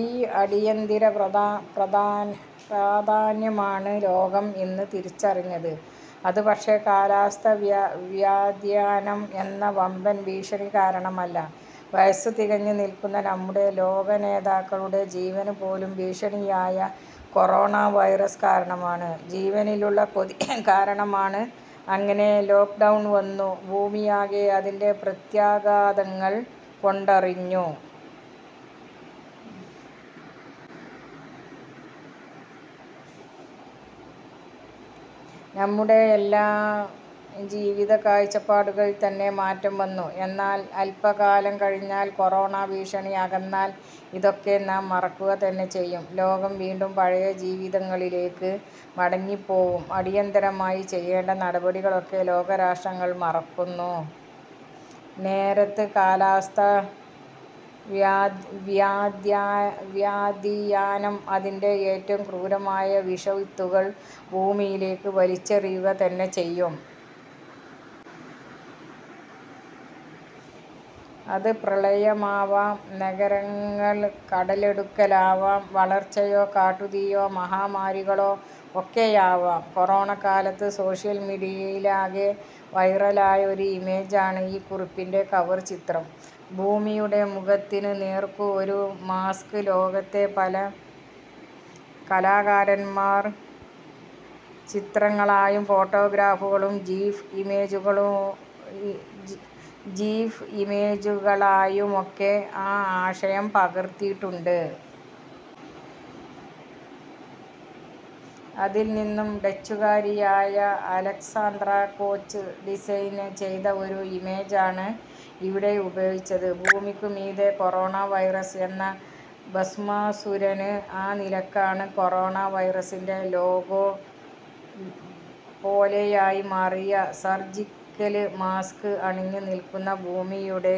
ഈ അടിയന്തിര പ്രാധാന്യമാണ് ലോകം ഇന്ന് തിരിച്ചറിഞ്ഞത്. അതു പക്ഷേ, കാലാവസ്ഥാ വ്യതിയാനം എന്ന വമ്പൻ ഭീഷണി കാരണമല്ല. വയസ്സു തികഞ്ഞു നില്‍ക്കുന്ന നമ്മുടെ ലോകനേതാക്കളുടെ ജീവനുപോലും ഭീഷണിയായ കൊറോണ വൈറസ് കാരണമാണ്. ജീവനിലുള്ള കൊതി കാരണമാണ്. അങ്ങനെ ലോക്ക്ഡൗൺ വന്നു. ഭൂമിയാകെ അതിന്‍റെ പ്രത്യാഘാതങ്ങള്‍ കൊണ്ടറിഞ്ഞു. നമ്മുടെയല്ലാം ജീവത കാഴ്ചപ്പാടുകളില്‍ തന്നെ മാറ്റം വന്നു. എന്നാല്‍, അല്പകാലം കഴിഞ്ഞാല്‍, കൊറോണ ഭീഷണി അകന്നാല്‍, ഇതൊക്കെ നാം മറക്കുക തന്നെ ചെയ്യും. ലോകം വീണ്ടും പഴയ ജീവിതങ്ങളിലേക്ക് മടങ്ങിപ്പോവും. അടിയന്തിരമായി ചെയ്യേണ്ട നടപടികളൊക്കെ ലോകരാഷ്ട്രങ്ങൾ മറക്കുന്ന നേരത്ത്, കാലാവസ്ഥാ വ്യതിയാനം, അതിന്‍റെ ഏറ്റവും ക്രൂരമായ വിഷവിത്തുകള്‍ ഭൂമിയിലേക്ക് വലിച്ചെറിയുക തന്നെ ചെയ്യും. അത് പ്രളയമാവാം, നഗരങ്ങള്‍ കടലെടുക്കലാവാം, വളർച്ചയോ കാട്ടുതീയോ മഹാമാരികളോ ഒക്കെയാവാം. കൊറോണക്കാലത്ത് സോഷ്യല്‍ മീഡിയയിലാകെ വൈറലായ ഒരു ഇമേജ് ആണ് ഈ കുറിപ്പിന്‍റെ കവർ ചിത്രം. ഭൂമിയുടെ മുഖത്തിനു നേര്‍ക്കു ഒരു മാസ്ക്. ലോകത്തെ പല കലാകാരന്‍മാര്‍ ചിത്രങ്ങളായും ഫോട്ടോഗ്രാഫുകളും ജിഫ് ഇമേജുകളായുമൊക്കെ ആ ആശയം പകര്‍ത്തിയിട്ടുണ്ട്. അതില്നിന്നും, ഡച്ചുകാരിയായ അലക്സാന്ദ്ര കോച്ച് ഡിസൈന് ചെയ്ത ഒരു ഇമേജാണ് ഇവിടെ ഉപയോഗിച്ചത്. ഭൂമിക്കു മീതെ കൊറോണ വൈറസ് എന്ന ഭസ്മാസുരന്. ആ നിലയ്ക്കാണ്, കൊറോണ വൈറസിന്‍റെ ലോഗോ പോലെയായി മാറിയ, സർജിക്കല് മാസ്ക് അണിഞ്ഞു നില്‍ക്കുന്ന ഭൂമിയുടെ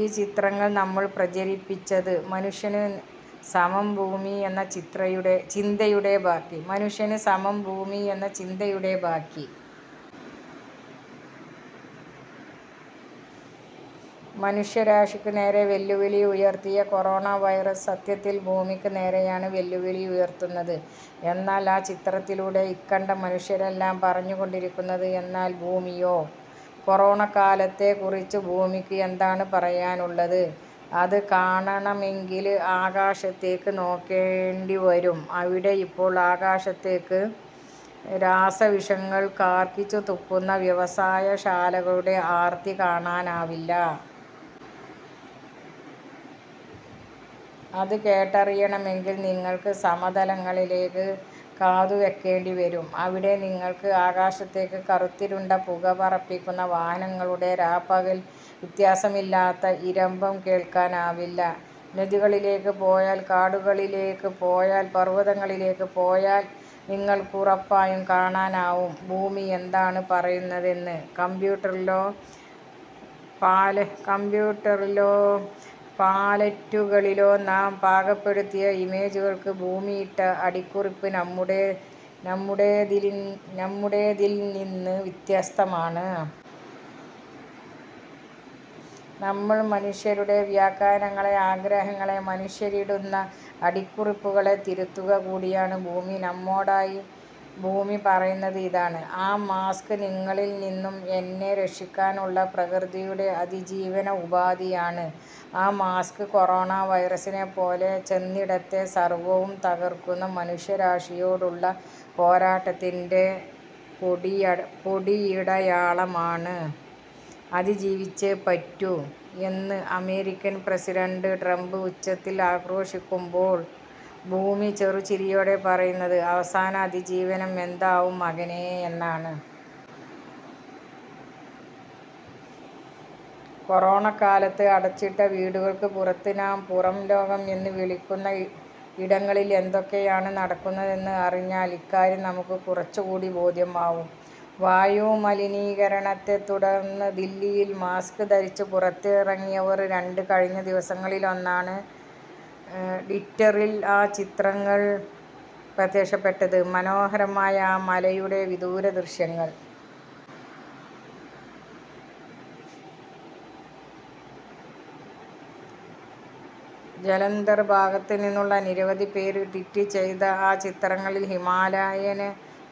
ഈ ചിത്രങ്ങള്‍ നമ്മള്‍ പ്രചരിപ്പിച്ചത്. മനുഷ്യന് സമം ഭൂമി എന്ന ചിന്തയുടെ ബാക്കി. മനുഷ്യരാശിക്കു നേരെ വെല്ലുവിളി ഉയര്‍ത്തിയ കൊറോണ വൈറസ് സത്യത്തില്‍ ഭൂമിക്കു നേരെയാണ് വെല്ലുവിളി ഉയര്‍ത്തുന്നത് എന്നാണ്, ആ ചിത്രത്തിലൂടെ ഇക്കണ്ട മനുഷ്യരെല്ലാം പറഞ്ഞു കൊണ്ടിരിക്കുന്നത്. എന്നാല്‍ ഭൂമിയോ? കൊറോണക്കാലത്തെക്കുറിച്ച് ഭൂമിക്ക് എന്താണ് പറയാനുള്ളത്? അതു കാണണമെങ്കില്, ആകാശത്തേക്കു നോക്കേണ്ടി വരും. അവിടെയിപ്പോൾ ആകാശത്തേക്ക് രാസവിഷങ്ങൾ കാര്‍ക്കിച്ചു തുപ്പുന്ന വ്യവസായ ശാലകളുടെ ആര്‍ത്തി കാണാനാവില്ല. അത് കേട്ടറിയണമെങ്കില്‍, നിങ്ങള്‍ക്ക് സമതലങ്ങളിലേക്ക് കാതുവെക്കേണ്ടി വരും. അവിടെ നിങ്ങള്‍ക്ക്, ആകാശത്തേക്ക് കറുത്തിരുണ്ട പുക പറപ്പിക്കുന്ന വാഹനങ്ങളുടെ, രാപ്പകല്‍ വ്യത്യാസമില്ലാത്ത ഇരമ്പം കേള്‍ക്കാനാവില്ല. നദികളിലേക്ക് പോയാല്‍, കടലുകളിലേക്ക് പോയാല്‍, പര്‍വതങ്ങളിലേക്കു പോയാല്‍ നിങ്ങൾക്കുറപ്പായും കാണാനാവും, ഭൂമി എന്താണ് പറയുന്നതെന്ന്. കമ്പ്യൂട്ടറിലോ പാലറ്റുകളിലോ നാം പാകപ്പെടുത്തിയ ഇമേജുകള്‍ക്ക് ഭൂമിയിട്ട അടിക്കുറിപ്പ് നമ്മുടേതില്നിന്ന് വ്യത്യസ്തമാണ്. നമ്മള്‍ മനുഷ്യരുടെ വ്യാഖ്യാനങ്ങളെ, ആഗ്രഹങ്ങളെ, മനുഷ്യരിടുന്ന അടിക്കുറിപ്പുകളെ തിരുത്തുക കൂടിയാണ് ഭൂമി. നമ്മോടായി ഭൂമി പറയുന്നത് ഇതാണ്: ' ആ മാസ്ക് നിങ്ങളില്നിന്നും എന്നെ രക്ഷിക്കാനുള്ള പ്രകൃതിയുടെ അതിജീവന ഉപാധിയാണ്. ആ മാസ്ക്, കൊറോണ വൈറസിനെപ്പോലെ ചെന്നിടത്തെ സര്‍വ്വവും തകര്‍ക്കുന്ന മനുഷ്യരാശിയോടുള്ള പോരാട്ടത്തിന്‍റെ കൊടിയടയാളമാണ്. ' അതിജീവിച്ചേ പറ്റൂ എന്ന് അമേരിക്കന്‍ പ്രസിഡന്‍റ് ട്രംപ് ഉച്ചത്തില്‍ ആക്രോശിക്കുമ്പോള്‍, ഭൂമി ചെറു ചിരിയോടെ പറയുന്നത്, അവസാന അതിജീവനം എന്താവും മകനേ എന്നാണ്. കൊറോണക്കാലത്ത് അടച്ചിട്ട വീടുകള്‍ക്കു പുറത്ത്, നാം പുറം ലോകം എന്നു വിളിക്കുന്ന ഇടങ്ങളില്‍ എന്തൊക്കെയാണ് നടക്കുന്നതെന്ന് അറിഞ്ഞാല്‍, ഇക്കാര്യം നമുക്ക് കുറച്ചു കൂടി ബോധ്യമാവും. വായുമലിനീകരണത്തെത്തുടർന്നു ദില്ലിയിൽ മാസ്ക് ധരിച്ച് പുറത്തിറങ്ങിയവര്‍ രണ്ട് കഴിഞ്ഞ ദിവസങ്ങളിലൊന്നാണ്, ട്വിറ്ററിൽ ആ ചിത്രങ്ങള്‍ പ്രത്യക്ഷപ്പെട്ടത്. മനോഹരമായ ഒരു മലയുടെ വിദൂരദൃശ്യങ്ങൾ. ജലന്ധര്‍ ഭാഗത്തുനിന്നുള്ള നിരവധി പേര് ട്വീറ്റ് ചെയ്ത ആ ചിത്രങ്ങളില്‍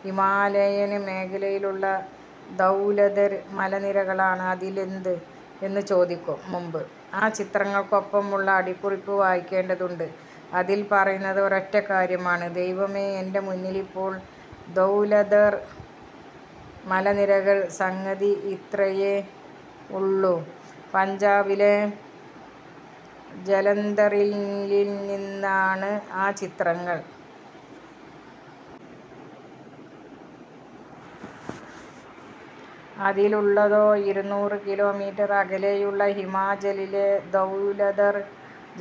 ഹിമാലയന് മേഖലയിലുള്ള ധൗലധര് മലനിരകളാണ്. അതിലെന്ത് എന്നു ചോദിക്കും മുമ്പ്, ആ ചിത്രങ്ങള്ക്കൊപ്പമുള്ള അടിക്കുറിപ്പ് വായിക്കേണ്ടതുണ്ട്. അതിൽപറയുന്നത് ഒരൊറ്റക്കാര്യമാണ്, ദൈവമേ, എന്‍റെ മുന്നിലിപ്പോൾ ധൗലധർ മലനിരകൾ! സംഗതി ഇത്രയേ ഉള്ളൂ. പഞ്ചാബിലെ ജലന്ധറില്നിന്നാണ് ആ ചിത്രങ്ങള്‍. അതിലുള്ളതോ ഇരുനൂറ് കിലോ മീറ്റര്‍ അകലെയുള്ള ഹിമാചലിലെ ധൗലധർ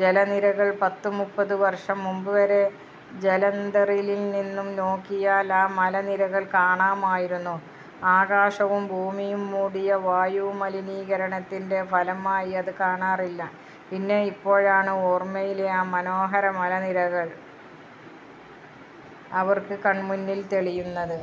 മലനിരകൾ. പത്തു മുപ്പതു വര്‍ഷം മുമ്പുവരെ ജലന്ധറില്നിന്നും നോക്കിയാല്‍ ആ മലനിരകൾ കാണാമായിരുന്നു. ആകാശവും ഭൂമിയും മൂടിയ വായുമലിനീകരണത്തിന്റെ ഫലമായി അത് കാണാറില്ല. പിന്നെ ഇപ്പോഴാണ്, ഓര്‍മ്മയിലെ ആ മനോഹര മലനിരകൾ അവര്‍ക്കു കണ്‍മുന്നില്‍ തെളിയുന്നത്.